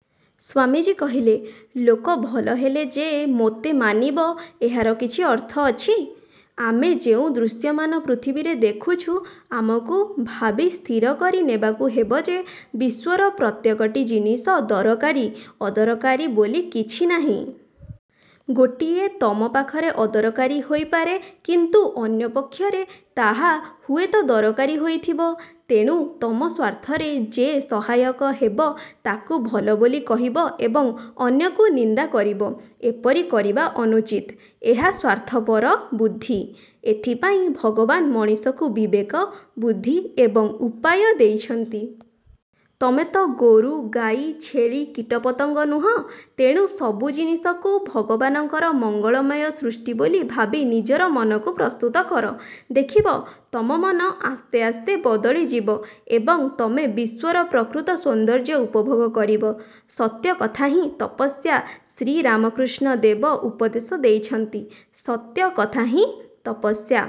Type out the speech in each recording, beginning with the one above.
' ସ୍ୱାମୀଜୀ କହିଲେ, 'ଲୋକ ଭଲ ହେଲେ ଯେ ମୋତେ ମାନିବ, ଏହାର କିଛି ଅର୍ଥ ଅଛି? ଆମେ ଯେଉଁ ଦୃଶ୍ୟମାନ ପୃଥିବୀରେ ଦେଖୁଛୁ, ଆମକୁ ଭାବି ସ୍ଥିର କରି ନେବାକୁ ହେବ ଯେ ବିଶ୍ୱର ପ୍ରତ୍ୟେକଟି ଜିନିଷ ଦରକାରୀ। ଅଦରକାରୀ ବୋଲି କିଛି ନାହିଁ। ଗୋଟିଏ ତମ ପାଖରେ ଅଦରକାରୀ ହୋଇପାରେ, କିନ୍ତୁ ଅନ୍ୟପକ୍ଷରେ ତାହା ହୁଏତ ଦରକାରୀ ହୋଇଥିବ। ତେଣୁ ତମ ସ୍ୱାର୍ଥରେ ଯେ ସହାୟକ ହେବ ତାକୁ ଭଲ ବୋଲି କହିବ ଏବଂ ଅନ୍ୟକୁ ନିନ୍ଦା କରିବ, ଏପରି କରିବା ଅନୁଚିତ। ଏହା ସ୍ୱାର୍ଥପର ବୁଦ୍ଧି। ଏଥିପାଇଁ ଭଗବାନ ମଣିଷକୁ ବିବେକ, ବୁଦ୍ଧି ଏବଂ ଉପାୟ ଦେଇଛନ୍ତି। ତମେ ତ ଗୋରୁ-ଗାଈ, ଛେଳି, କୀଟପତଙ୍ଗ ନୁହଁ। ତେଣୁ ସବୁ ଜିନିଷକୁ ଭଗବାନଙ୍କର ମଙ୍ଗଳମୟ ସୃଷ୍ଟି ବୋଲି ଭାବି ନିଜର ମନକୁ ପ୍ରସ୍ତୁତ କର। ଦେଖିବ ତମ ମନ ଆସ୍ତେ ଆସ୍ତେ ବଦଳିଯିବ ଏବଂ ତମେ ବିଶ୍ୱର ପ୍ରକୃତ ସୌନ୍ଦର୍ଯ୍ୟ ଉପଭୋଗ କରିବ। ସତ୍ୟ କଥାହିଁ ତପସ୍ୟା ଶ୍ରୀରାମକୃଷ୍ଣ ଦେବ ଉପଦେଶ ଦେଇଛନ୍ତି-ସତ୍ୟ କଥାହିଁ ତପସ୍ୟା।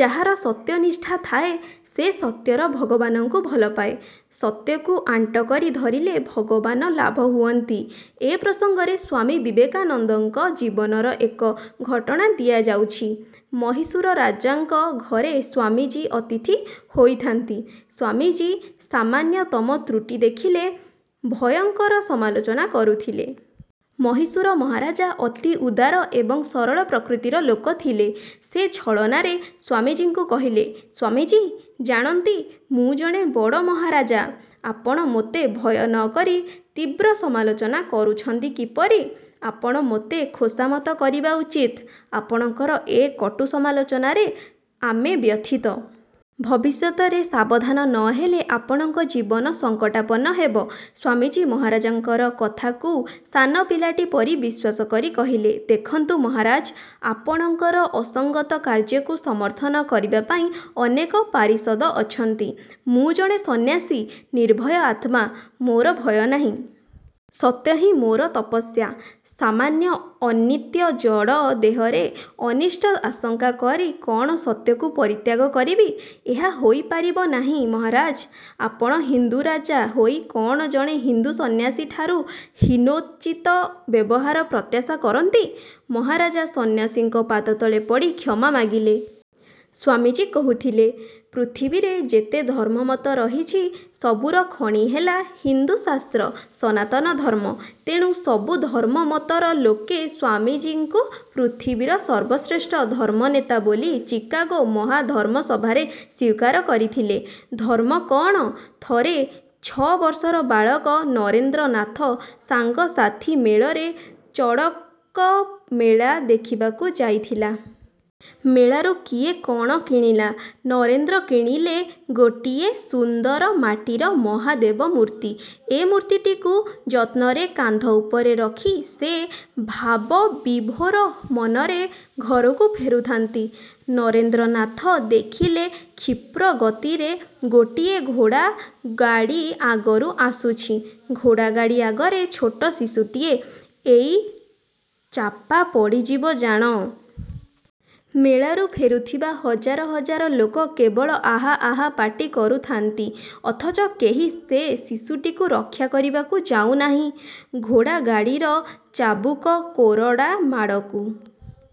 ଯାହାର ସତ୍ୟନିଷ୍ଠା ଥାଏ, ସେ ସତ୍ୟର ଭଗବାନଙ୍କୁ ଭଲପାଏ। ସତ୍ୟକୁ ଆଣ୍ଟ କରି ଧରିଲେ ଭଗବାନ ଲାଭ ହୁଅନ୍ତି। ଏ ପ୍ରସଙ୍ଗରେ ସ୍ୱାମୀ ବିବେକାନନ୍ଦଙ୍କ ଜୀବନର ଏକ ଘଟଣା ଦିଆଯାଉଛି। ମହୀଶୂର ରାଜାଙ୍କ ଘରେ ସ୍ୱାମୀଜୀ ଅତିଥି ହୋଇଥାନ୍ତି। ସ୍ୱାମୀଜୀ ସାମାନ୍ୟତମ ତ୍ରୁଟି ଦେଖିଲେ ଭୟଙ୍କର ସମାଲୋଚନା କରୁଥିଲେ। ମହୀଶୂର ମହାରାଜା ଅତି ଉଦାର ଏବଂ ସରଳ ପ୍ରକୃତିର ଲୋକ ଥିଲେ। ସେ ଛଳନାରେ ସ୍ୱାମୀଜୀଙ୍କୁ କହିଲେ-''ସ୍ୱାମୀଜୀ, ଜାଣନ୍ତି ମୁଁ ଜଣେ ବଡ଼ ମହାରାଜା-? ଆପଣ ମୋତେ ଭୟ ନ କରି ତୀବ୍ର ସମାଲୋଚନା କରୁଛନ୍ତି କିପରି? ଆପଣ ମୋତେ ଖୋସାମତ କରିବା ଉଚିତ। ଆପଣଙ୍କର ଏ କଟୁ ସମାଲୋଚନାରେ ଆମେ ବ୍ୟଥିତ-। ଭବିଷ୍ୟତରେ ସାବଧାନ ନ ହେଲେ ଆପଣଙ୍କ ଜୀବନ ସଙ୍କଟାପନ୍ନ ହେବ। '' ସ୍ୱାମୀଜୀ ମହାରାଜାଙ୍କର କଥାକୁ ସାନପିଲାଟି ପରି ବିଶ୍ୱାସ କରି କହିଲେ, ''ଦେଖନ୍ତୁ ମହାରାଜ, ଆପଣଙ୍କର ଅସଙ୍ଗତ କାର୍ଯ୍ୟକୁ ସମର୍ଥନ କରିବାପାଇଁ ଅନେକ ପାରିଷଦ ଅଛନ୍ତି। ମୁଁ ଜଣେ ସନ୍ନ୍ୟାସୀ, ନିର୍ଭୟ ଆତ୍ମା। ମୋର ଭୟ ନାହିଁ। ସତ୍ୟହିଁ ମୋର ତପସ୍ୟା। ସାମାନ୍ୟ ଅନିତ୍ୟ ଜଡ଼ ଦେହରେ ଅନିଷ୍ଟ ଆଶଙ୍କା କରି କଣ ସତ୍ୟକୁ ପରିତ୍ୟାଗ କରିବି? ଏହା ହୋଇପାରିବ ନାହିଁ, ମହାରାଜ। ଆପଣ ହିନ୍ଦୁରାଜା ହୋଇ କ'ଣ ଜଣେ ହିନ୍ଦୁ ସନ୍ନ୍ୟାସୀଠାରୁ ହୀନୋଚିତ ବ୍ୟବହାରର ପ୍ରତ୍ୟାଶା କରନ୍ତି। '' ମହାରାଜା ସନ୍ନ୍ୟାସୀଙ୍କ ପାଦତଳେ ପଡ଼ି କ୍ଷମା ମାଗିଲେ। ସ୍ୱାମୀଜୀ କହୁଥିଲେ, 'ପୃଥିବୀରେ ଯେତେ ଧର୍ମମତ ରହିଛି, ସବୁର ଖଣି ହେଲା ହିନ୍ଦୁଶାସ୍ତ୍ର, ସନାତନ ଧର୍ମ। ' ତେଣୁ ସବୁ ଧର୍ମମତର ଲୋକେ ସ୍ୱାମୀଜୀଙ୍କୁ ପୃଥିବୀର ସର୍ବଶ୍ରେଷ୍ଠ ଧର୍ମନେତା ବୋଲି ଚିକାଗୋ ମହାଧର୍ମସଭାରେ ସ୍ୱୀକାର କରିଥିଲେ। ଧର୍ମ କଅଣ? ଥରେ ଛଅବର୍ଷର ବାଳକ ନରେନ୍ଦ୍ରନାଥ ସାଙ୍ଗସାଥି ମେଳରେ ଚଡ଼କମେଳା ଦେଖିବାକୁ ଯାଇଥିଲେ। ମେଳାରୁ କିଏ କ'ଣ କିଣିଲା। ନରେନ୍ଦ୍ର କିଣିଲେ ଗୋଟିଏ ସୁନ୍ଦର ମାଟିର ମହାଦେବମୂର୍ତ୍ତି। ଏ ମୂର୍ତ୍ତିଟିକୁ ଯତ୍ନରେ କାନ୍ଧ ଉପରେ ରଖି ସେ ଭାବବିଭୋର ମନରେ ଘରକୁ ଫେରୁଥାନ୍ତି। ନରେନ୍ଦ୍ରନାଥ ଦେଖିଲେ କ୍ଷିପ୍ର ଗତିରେ ଗୋଟିଏ ଘୋଡ଼ାଗାଡ଼ି ଆଗରୁ ଆସୁଛି। ଘୋଡ଼ାଗାଡ଼ି ଆଗରେ ଛୋଟ ଶିଶୁଟିଏ, ଏଇ ଚାପା ପଡ଼ିଯିବ ଜାଣ। ମେଳାରୁ ଫେରୁଥିବା ହଜାର ହଜାର ଲୋକ କେବଳ ଆହା ଆହା ପାଟି କରୁଥାନ୍ତି ଅଥଚ କେହି ସେ ଶିଶୁଟିକୁ ରକ୍ଷା କରିବାକୁ ଯାଉନାହିଁ। ଘୋଡ଼ାଗାଡ଼ିର ଚାବୁକ-କୋରଡ଼ା ମାଡ଼କୁ